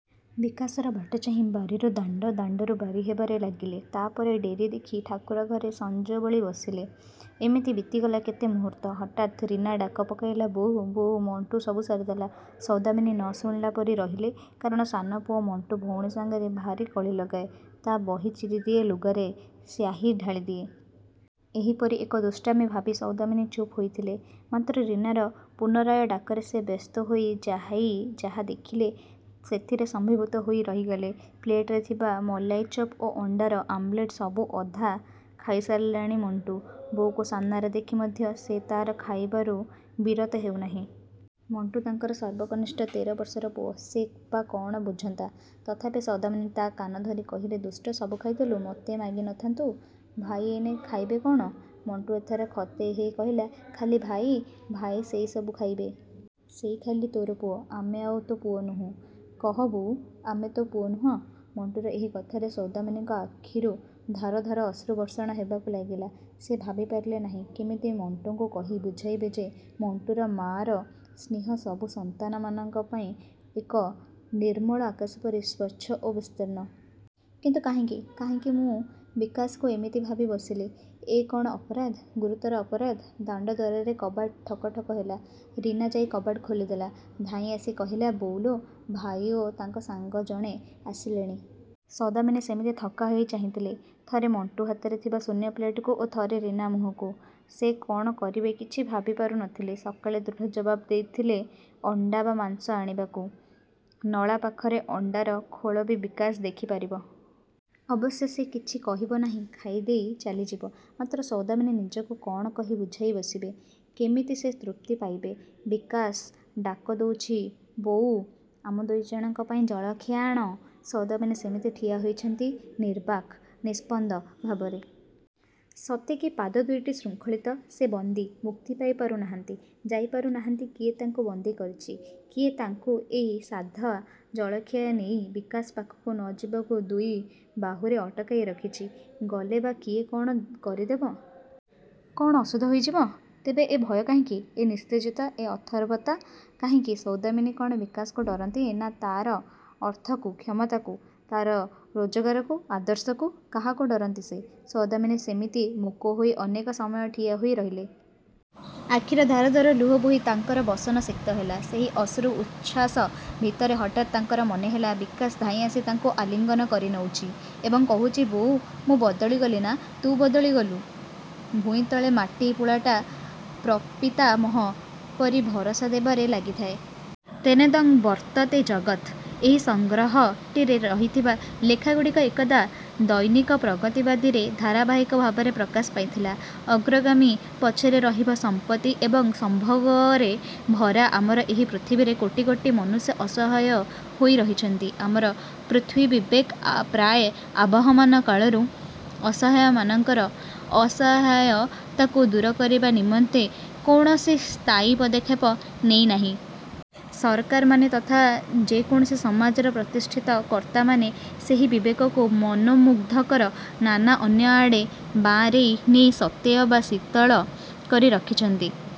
ବିକାଶର ବାଟଚାହିଁ ବାରିରୁ ଦାଣ୍ଡ, ଦାଣ୍ଡରୁ ବାରି ହେବାରେ ଲାଗିଲେ। ତାପରେ ଡେରି ଦେଖି ଠାକୁରଘରେ ସଞ୍ଜ ବଳି ବସିଲେ। ଏମିତି ବିତିଗଲା କେତେ ମୁହୂର୍ତ୍ତ। ହଠାତ୍ ରୀନା ଡାକ ପକାଇଲା ବୋଉ, ବୋଉ, ମଣ୍ଟୁ ସବୁ ସାରିଦେଲା। ସୌଦାମିନୀ ନ ଶୁଣିଲା ପରି ରହିଲେ କାରଣ ସାନ ପୁଅ ମଣ୍ଟୁ ଭଉଣୀ ସାଙ୍ଗରେ ଭାରି କଳି ଲଗାଏ, ତା ବହି ଚିରିଦିଏ, ଲୁଗାରେ ସ୍ୟାହି ଢାଳିଦିଏ। ଏହିପରି ଏକ ଦୁଷ୍ଟାମି ଭାବି ସୌଦାମିନୀ ଚୁପ୍ ହୋଇଥିଲେ। ମାତ୍ର ରିନାର ପୁନରାୟ ଡାକରେ ସେ ବ୍ୟସ୍ତହୋଇ ଯାଇ ଯାହା ଦେଖିଲେ ସେଥିରେ ସ୍ତମ୍ଭୀଭୂତ ହୋଇ ରହିଗଲେ। ପ୍ଲେଟରେ ଥିବା ମଲାଇଚପ୍ ଓ ଅଣ୍ଡାର ଆମଲେଟ ସବୁ ଅଧା ଖାଇସାରିଲାଣି ମଣ୍ଟୁ। ବୋଉକୁ ସାମନାରେ ଦେଖି ମଧ୍ୟ ସେ ତାର ଖାଇବାରୁ ବିରତ ହେଉନାହିଁ। ମଣ୍ଟୁ ତାଙ୍କର ସର୍ବ କନିଷ୍ଠ ତେର ବର୍ଷର ପୁଅ। ସେ ବା କଣ ବୁଝନ୍ତା। ତଥାପି ସୌଦାମିନୀ ତା କାନଧରି କହିଲେ ଦୁଷ୍ଟ ସବୁ ଖାଇଦେଲୁ, ମୋତେ ମାଗି ନ ଥାନ୍ତୁ? ଭାଇ ଏଇନେ ଖାଇବେ କଣ? ମଣ୍ଟୁ ଏଥର ଖତେଇ ହେଇ କହିଲା, ଖାଲି ଭାଇ, ଭାଇ ସେଇ ସବୁ ଖାଇବେ। ସେଇ ଖାଲି ତୋର ପୁଅ। ଆମେ ଆଉ ତୋ ପୁଅ ନୋହୁଁ? କହ ବୋଉ, ଆମେ ତୋ ପୁଅ ନୁହଁ? ମଣ୍ଟୁର ଏହି କଥାରେ ସୌଦାମିନୀଙ୍କ ଆଖିରୁ ଧାର ଧାର ଅଶ୍ରୁ ବର୍ଷଣ ହେବାକୁ ଲାଗିଲା ସେ ଭାବିପାରିଲେ ନାହିଁ, କେମିତି ମଣ୍ଟୁକୁ କହି ବୁଝାଇବେ ଯେ ମଣ୍ଟୁର ମାଆର ସ୍ନେହ ସବୁ ସନ୍ତାନମାନଙ୍କ ପାଇଁ ଏକ ନିର୍ମଳ ଆକାଶ ପରି ସ୍ୱଚ୍ଛ ଓ ବିସ୍ତୀର୍ଣ୍ଣ। କିନ୍ତୁ କାହିଁକି? କାହିଁକି ମୁଁ ବିକାଶକୁ ଏମିତି ଭାବି ବସିଲି। ଏ କଣ ଅପରାଧ? ଗୁରୁତର ଅପରାଧ? ଦାଣ୍ଡ ଦ୍ୱାରରେ କବାଟ ଠକ୍ ଠକ୍ ହେଲା। ରୀନା ଯାଇ କବାଟ ଖୋଲିଦେଲା। ଧାଇଁଆସି କହିଲା ବୋଉ ଲୋ, ଭାଇ ଓ ତାଙ୍କ ସାଙ୍ଗ ଜଣେ ଆସିଲେଣି। ସୌଦାମିନୀ ସେମିତି ଥକ୍କା ହୋଇ ଚାହିଁଥିଲେ ଥରେ ମଣ୍ଟୁ ହାତରେ ଥିବା ଶୂନ୍ୟ ପ୍ଲେଟକୁ ଓ ଥରେ ରୀନା ମୁହଁକୁ। ସେ କଣ କରିବେ କିଛି ଭାବିପାରୁ ନ ଥିଲେ। ସକାଳେ ଦୃଢ଼ ଜବାବ ଦେଇଥିଲେ ଅଣ୍ଡା ବା ମାଂସ ଆଣିବାକୁ। ନଳା ପାଖରେ ଅଣ୍ଡାର ଖୋଳ ବି ବିକାଶ ଦେଖିପାରିବ। ଅବଶ୍ୟ ସେ କିଛି କହିବ ନାହିଁ ଖାଇଦେଇ ଚାଲିଯିବ, ମାତ୍ର ସୌଦାମିନୀ ନିଜକୁ କଣ କହି ବୁଝାଇ ବସିବେ? କେମିତି ସେ ତୃପ୍ତି ପାଇବେ? ବିକାଶ ଡାକ ଦଉଚି ବୋଉ, ଆମ ଦୁଇ ଜଣଙ୍କ ପାଇଁ ଜଳଖିଆ ଆଣ। ସୌଦାମିନୀ ସେମିତି ଠିଆ ହୋଇଛନ୍ତି ନିର୍ବାକ୍, ନିସ୍ପନ୍ଦ ଭାବରେ। ସତେ କି ପାଦ ଦୁଇଟି ଶୃଙ୍ଖଳିତ। ସେ ବନ୍ଦୀ। ମୁକ୍ତି ପାଇପାରୁ ନାହାନ୍ତି, ଯାଇପାରୁନାହାନ୍ତି କିଏ ତାଙ୍କୁ ବନ୍ଦୀ କରିଚି? କିଏ ତାଙ୍କୁ ଏଇ ସାଧା ଜଳଖିଆ ନେଇ ବିକାଶ ପାଖକୁ ନ ଯିବାକୁ ଦୁଇ ବାହୁରେ ଅଟକାଇ ରଖିଚି? ଗଲେ ବା କିଏ କଣ କରିଦେବ? କଣ ଅଶୁଦ୍ଧ ହୋଇଯିବ? ତେବେ ଏ ଭୟ କାହିଁକି? ଏ ନିସ୍ତେଜତା, ଏ ଅଥର୍ବତା କାହିଁକି? ସୌଦାମିନୀ କଣ ବିକାଶକୁ ଡରନ୍ତି ନା ତାର ଅର୍ଥକୁ, କ୍ଷମତାକୁ? ତାର ରୋଜଗାରକୁ? ଆଦର୍ଶକୁ? କାହାକୁ ଡରନ୍ତି ସେ? ସୌଦାମିନୀ ସେମିତି ମୂକ ହୋଇ ଅନେକ ସମୟ ଠିଆ ହୋଇ ରହିଲେ। ଆଖିର ଧାର ଧାର ଲୁହ ବୋହି ତାଙ୍କର ବସନ ସିକ୍ତ ହେଲା। ସେହି ଅଶ୍ରୁ ଉଚ୍ଛ୍ୱାସ ଭିତରେ ହଠାତ୍ ତାଙ୍କର ମନେହେଲା ବିକାଶ ଧାଇଁଆସି ତାଙ୍କୁ ଆଲିଙ୍ଗନ କରିନଉଚି ଏବଂ କହୁଛି ବୋଉ, ମୁଁ ବଦଳିଗଲି ନା ତୁ ବଦଳି ଗଲୁ? ଭୂଇଁତଳେ ମାଟି ପୁଳାଟା ପ୍ରପିତାମହ ପରି ଭରସା ଦେବାରେ ଲାଗିଥାଏ। ତେନେଦଂ ବର୍ତ୍ତତେ ଜଗତ୍। ଏହି ସଂଗ୍ରହଟିରେ ରହିଥିବା ଲେଖାଗୁଡ଼ିକ ଏକଦା ଦୈନିକ ପ୍ରଗତିବାଦୀ ରେ ଧାରାବାହିକ ଭାବରେ ପ୍ରକାଶ ପାଇଥିଲା। ଅଗ୍ରଗାମୀ ପଛରେ ରହିବ ସମ୍ପତ୍ତି ଏବଂ ସମ୍ଭୋଗରେ ଭରା ଆମର ଏହି ପୃଥିବୀରେ କୋଟି କୋଟି ମନୁଷ୍ୟ ଅସହାୟ ହୋଇ ରହିଛନ୍ତି। ଆମର ପୃଥ୍ୱୀବିବେକ ପ୍ରାୟ ଆବହମାନ କାଳରୁ ଅସହାୟମାନଙ୍କର ଅସହାୟତାକୁ ଦୂର କରିବା ନିମନ୍ତେ କୌଣସି ସ୍ଥାୟୀ ପଦକ୍ଷେପ ନେଇନାହିଁ। ସରକାରମାନେ ତଥା ଯେକୌଣସି ସମାଜର ପ୍ରତିଷ୍ଠିତ କର୍ତ୍ତାମାନେ ସେହି ବିବେକକୁ ମନୋମୁଗ୍ଧକର ନାନା ଅନ୍ୟଆଡ଼େ ବାଆଁରେଇ ନେଇ ସତେ ଅବା ଶୀତଳ କରି ରଖିଛନ୍ତି।